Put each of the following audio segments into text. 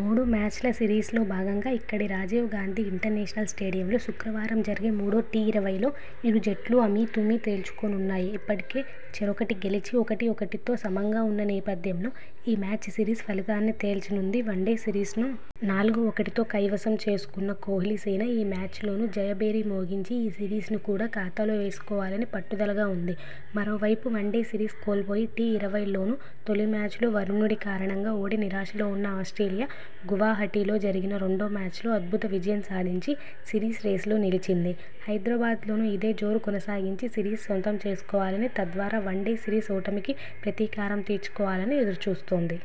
మూడు మ్యాచ్ల సిరీస్లో భాగంగా ఇక్కడి రాజీవ్ గాంధీ ఇంటర్నేషనల్ స్టేడియంలో శుక్రవారం జరిగే మూడో టీ ఇరవైలో ఇరు జట్లూ అమీతుమీ తేల్చుకోనున్నాయి ఇప్పటికే చెరొకటి గెలిచి ఒకటి ఒకటితో సమంగా ఉన్న నేపథ్యంలో ఈ మ్యాచ్ సిరీస్ ఫలితాన్ని తేల్చనుంది వన్డే సిరీస్ను నాలుగు ఒకటితో కైవసం చేసు కున్న కోహ్లీ సేన ఈ మ్యాచ్లోనూ జయ భేరి మోగించి ఈ సిరీస్ను కూడా ఖాతాలో వేసు కోవాలని పట్టుదలగా ఉంది మరోవైపు వన్డే సిరీస్ కోల్పోయి టీ ఇరవైల్లోనూ తొలి మ్యాచ్లో వరుణుడి కారణంగా ఓడి నిరాశలో ఉన్న ఆస్ట్రేలియా గువహటిలో జరిగిన రెండో మ్యాచ్లో అద్భుత విజయం సాధించి సిరీస్ రేసులో నిలిచింది హైదరాబాద్లోనూ ఇదే జోరు కొనసాగించి సిరీస్ సొంతం చేసుకోవాలని తద్వారా వన్డే సిరీస్ ఓటమికి ప్రతీకారం తీర్చుకోవాలని ఎదురు చూస్తోంది.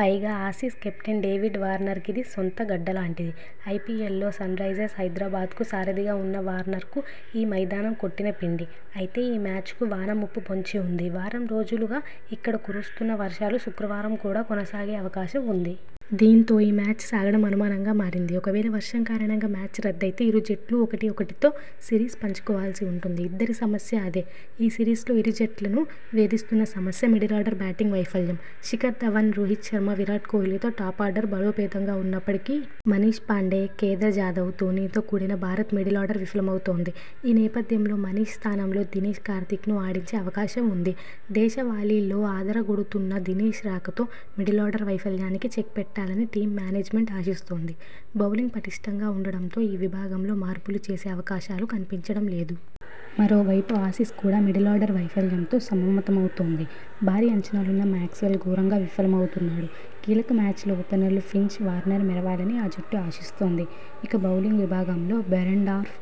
పైగా ఆసీస్ కెప్టెన్ డేవిడ్ వార్నర్కిది సొంత గడ్డలాంటిది. ఐపీఎల్లో సన్రైజర్స్ హైదరాబాద్కు సారధిగా ఉన్న వార్నర్కు ఈ మైదానం కొట్టిన పిండి. అయితే ఈ మ్యాచ్కు వాన ముప్పు పొంచి ఉంది. వారం రోజులుగా ఇక్కడ కురుస్తున్న వర్షాలు శుక్రవారం కూడా కొనసాగే అవకాశం ఉంది. దీంతో ఈ మ్యాచ్ సాగడం అనుమానంగా మారింది. ఒకవేళ వర్షం కారణంగా మ్యాచ్ రద్దయితే ఇరు జట్లూ ఒకటి ఒకటితో సిరీస్ పంచుకోవాల్సి ఉంటుంది. ఇద్దరి సమస్య అదే ఈ సిరీస్లో ఇరు జట్లనూ వేధిస్తున్న సమస్య మిడిలార్డర్ బ్యాటింగ్ వైఫల్యం. శిఖర్ ధవన్, రోహిత్ శర్మ, విరాట్ కోహ్లీతో టాపార్డర్ బలోపేతంగా ఉన్న ప్పటికీ.. మనీష్ పాండే, కేదార్ జాదవ్, ధోనీతో కూడిన భారత మిడిలార్డర్ విఫలమవుతోంది. ఈ నేపథ్యంలో మనీష్ స్థానంలో దినేష్ కార్తీక్ ను ఆడించే అవకాశం ఉంది. దేశ వాళీల్లో అదర గొడుతున్న దినేష్ రాకతో మిడిలార్డర్ వైఫల్యానికి చెక్ పెట్టాలని టీమ్ మేనేజ్మెంట్ ఆశిస్తోంధి బౌలింగ్ పటిష్టంగా ఉండడంతో ఈ విభాగంలో మార్పులు చేసే అవకాశాలు కనిపించడం లేదు. మరోవైపు ఆసీస్ కూడా మిడిలార్డర్ వైఫల్యంతో సమమతమవుతోంది. భారీ అంచనాలున్న మాక్స్వెల్ ఘోరంగా విఫలమవుతున్నాడు. కీలక మ్యాచ్లో ఓపెనర్లు ఫించ్, వార్నర్ మెరవాలని ఆ జట్టు ఆశిస్తోంది. ఇక బౌలింగ్ విభాగంలో బెరెండార్ఫ్,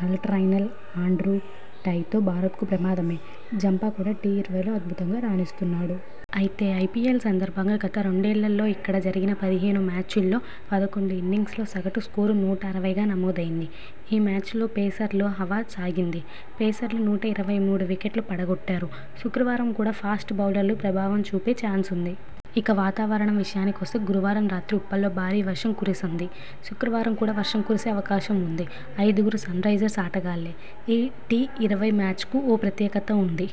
కల్టర్నైల్, ఆండ్రూ టైతో భారత్కు ప్రమాదమే. జంపా కూడా టీ ఇరవైల్లో అద్భుతంగా రాణిస్తున్నాడు. అయితే ఐపీఎల్ సందర్భంగా గత రెండేళ్లలో ఇక్క డ జరిగిన పదిహేను మ్యాచ్ల్లో పదకొండు ఇన్నింగ్స్ లో సగటు స్కోరు నూట అరవైగా నమోదైంది. ఈ మ్యాచ్ల్లో పేసర్ల హవా సాగింది. పేసర్లు నూట ఇరవై మూడు వికెట్లు పడగొట్టారు. శుక్రవారం కూడా ఫాస్ట్ బౌలర్లు ప్రభావం చూపే చాన్సుంది. ఇక వాతావరణం విషయానికొస్తే గురువారం రాత్రి ఉప్పల్లో భారీ వర్షం కురిసంది. శుక్రవారం కూడా వర్షం కురిసే అవకాశం ఉంది. ఐదుగురు సన్రైజర్స్ ఆటగాళ్లే! ఈ టీఇరవై మ్యాచ్కు ఓ ప్రత్యేకత ఉంది.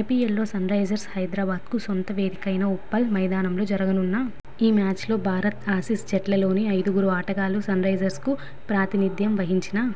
ఐపీఎల్లో సన్రైజర్స్ హైద రాబాద్కు సొంత వేదికైన ఉప్పల్ మైదానంలో జరుగనున్న ఈ మ్యా చ్లో భారత్, ఆసీస్ జట్లలోని ఐదు గురు ఆటగాళ్లు సన్రైజర్స్కు ప్రాతినిధ్యం వహించిన